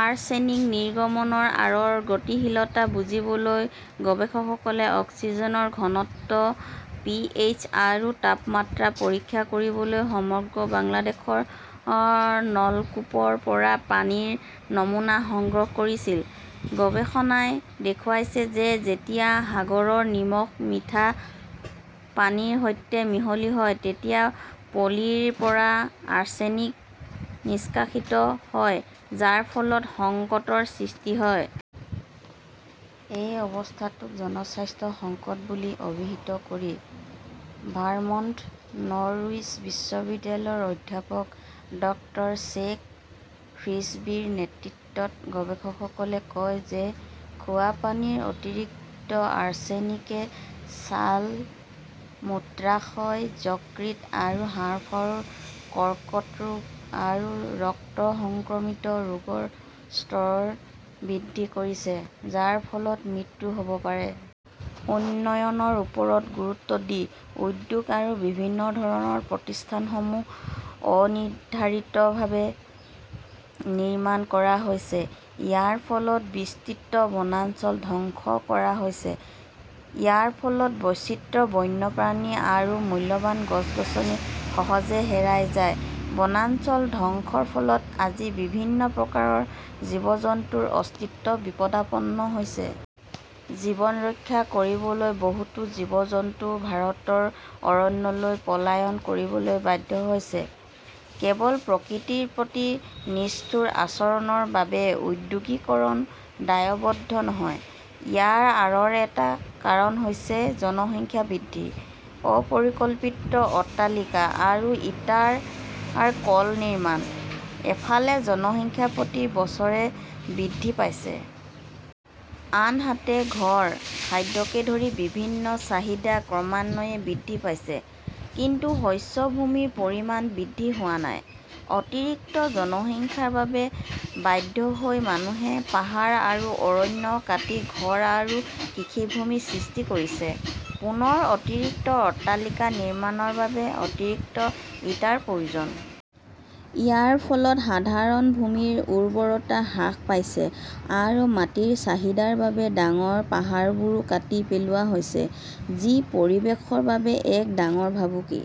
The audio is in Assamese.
আৰ্ছেনিক নিৰ্গমনৰ আঁৰৰ গতিশীলতা বুজিবলৈ গৱেষকসকলে অক্সিজেনৰ ঘনত্ব, পিএইচ আৰু তাপমাত্ৰা পৰীক্ষা কৰিবলৈ সমগ্ৰ বাংলাদেশৰ নলকূপৰ পৰা পানীৰ নমুনা সংগ্ৰহ কৰিছিল। গৱেষণাই দেখুৱাইছে যে যেতিয়া সাগৰৰ নিমখ মিঠা পানীৰ সৈতে মিহলি হয়, তেতিয়া পলিৰ পৰা আৰ্ছেনিক নিষ্কাশিত হয়, যাৰ ফলত সংকটৰ সৃষ্টি হয়। এই অৱস্থাটোক জনস্বাস্থ্য সংকট বুলি অভিহিত কৰি ভাৰ্মণ্টৰ নৰউইচ বিশ্ববিদ্যালয়ৰ অধ্যাপক ডক্তৰ ছেথ ফ্ৰিছবীৰ নেতৃত্বত গৱেষকসকলে কয় যে খোৱা পানীৰ অতিৰিক্ত আৰ্ছেনিকে ছাল, মূত্ৰাশয়, যকৃত আৰু হাঁওফাঁওৰ কৰ্কট ৰোগ আৰু ৰক্ত সংক্ৰমিত ৰোগৰ স্তৰ বৃদ্ধি কৰিছে, যাৰ ফলত মৃত্যু হ'ব পাৰে। উন্নয়নৰ ওপৰত গুৰুত্ব দি উদ্যোগ আৰু বিভিন্ন ধৰণৰ প্ৰতিষ্ঠানসমূহ অনিৰ্ধাৰিতভাৱে নিৰ্মাণ কৰা হৈছে। ইয়াৰ ফলত বিস্তৃত বনাঞ্চল ধ্বংস কৰা হৈছে। ইয়াৰ ফলত বৈচিত্ৰ্য, বন্যপ্ৰাণী আৰু মূল্যৱান গছ-গছনি সহজে হেৰাই যায়। বনাঞ্চল ধ্বংসৰ ফলত আজি বিভিন্ন প্ৰকাৰৰ জীৱ-জন্তুৰ অস্তিত্ব বিপদাপন্ন হৈছে। জীৱন ৰক্ষা কৰিবলৈ বহুতো জীৱ-জন্তু ভাৰতৰ অৰণ্যলৈ পলায়ন কৰিবলৈ বাধ্য হৈছে। কেৱল প্ৰকৃতিৰ প্ৰতি নিষ্ঠুৰ আচৰণৰ বাবে ঔদ্যোগিকৰণ দায়বদ্ধ নহয়। ইয়াৰ আঁৰৰ এটা কাৰণ হৈছে জনসংখ্যা বৃদ্ধি, অপৰিকল্পিত অট্টালিকা আৰু ইটাৰ কল নিৰ্মাণ। এফালে, জনসংখ্যা প্ৰতি বছৰে বৃদ্ধি পাইছে। আনহাতে, ঘৰ, খাদ্যকে ধৰি বিভিন্ন চাহিদা ক্ৰমান্বয়ে বৃদ্ধি পাইছে, কিন্তু শস্য ভূমিৰ পৰিমাণ বৃদ্ধি হোৱা নাই। অতিৰিক্ত জনসংখ্যাৰ বাবে বাধ্য হৈ মানুহে পাহাৰ আৰু অৰণ্য কাটি ঘৰ আৰু কৃষিভূমি সৃষ্টি কৰিছে। পুনৰ অতিৰিক্ত অট্টালিকা নিৰ্মাণৰ বাবে অতিৰিক্ত ইটাৰ প্ৰয়োজন। ইয়াৰ ফলত সাধাৰণ ভূমিৰ উৰ্বৰতা হ্ৰাস পাইছে আৰু মাটিৰ চাহিদাৰ বাবে ডাঙৰ পাহাৰবোৰ কাটি পেলোৱা হৈছে, যি পৰিৱেশৰ বাবে এক ডাঙৰ ভাবুকি।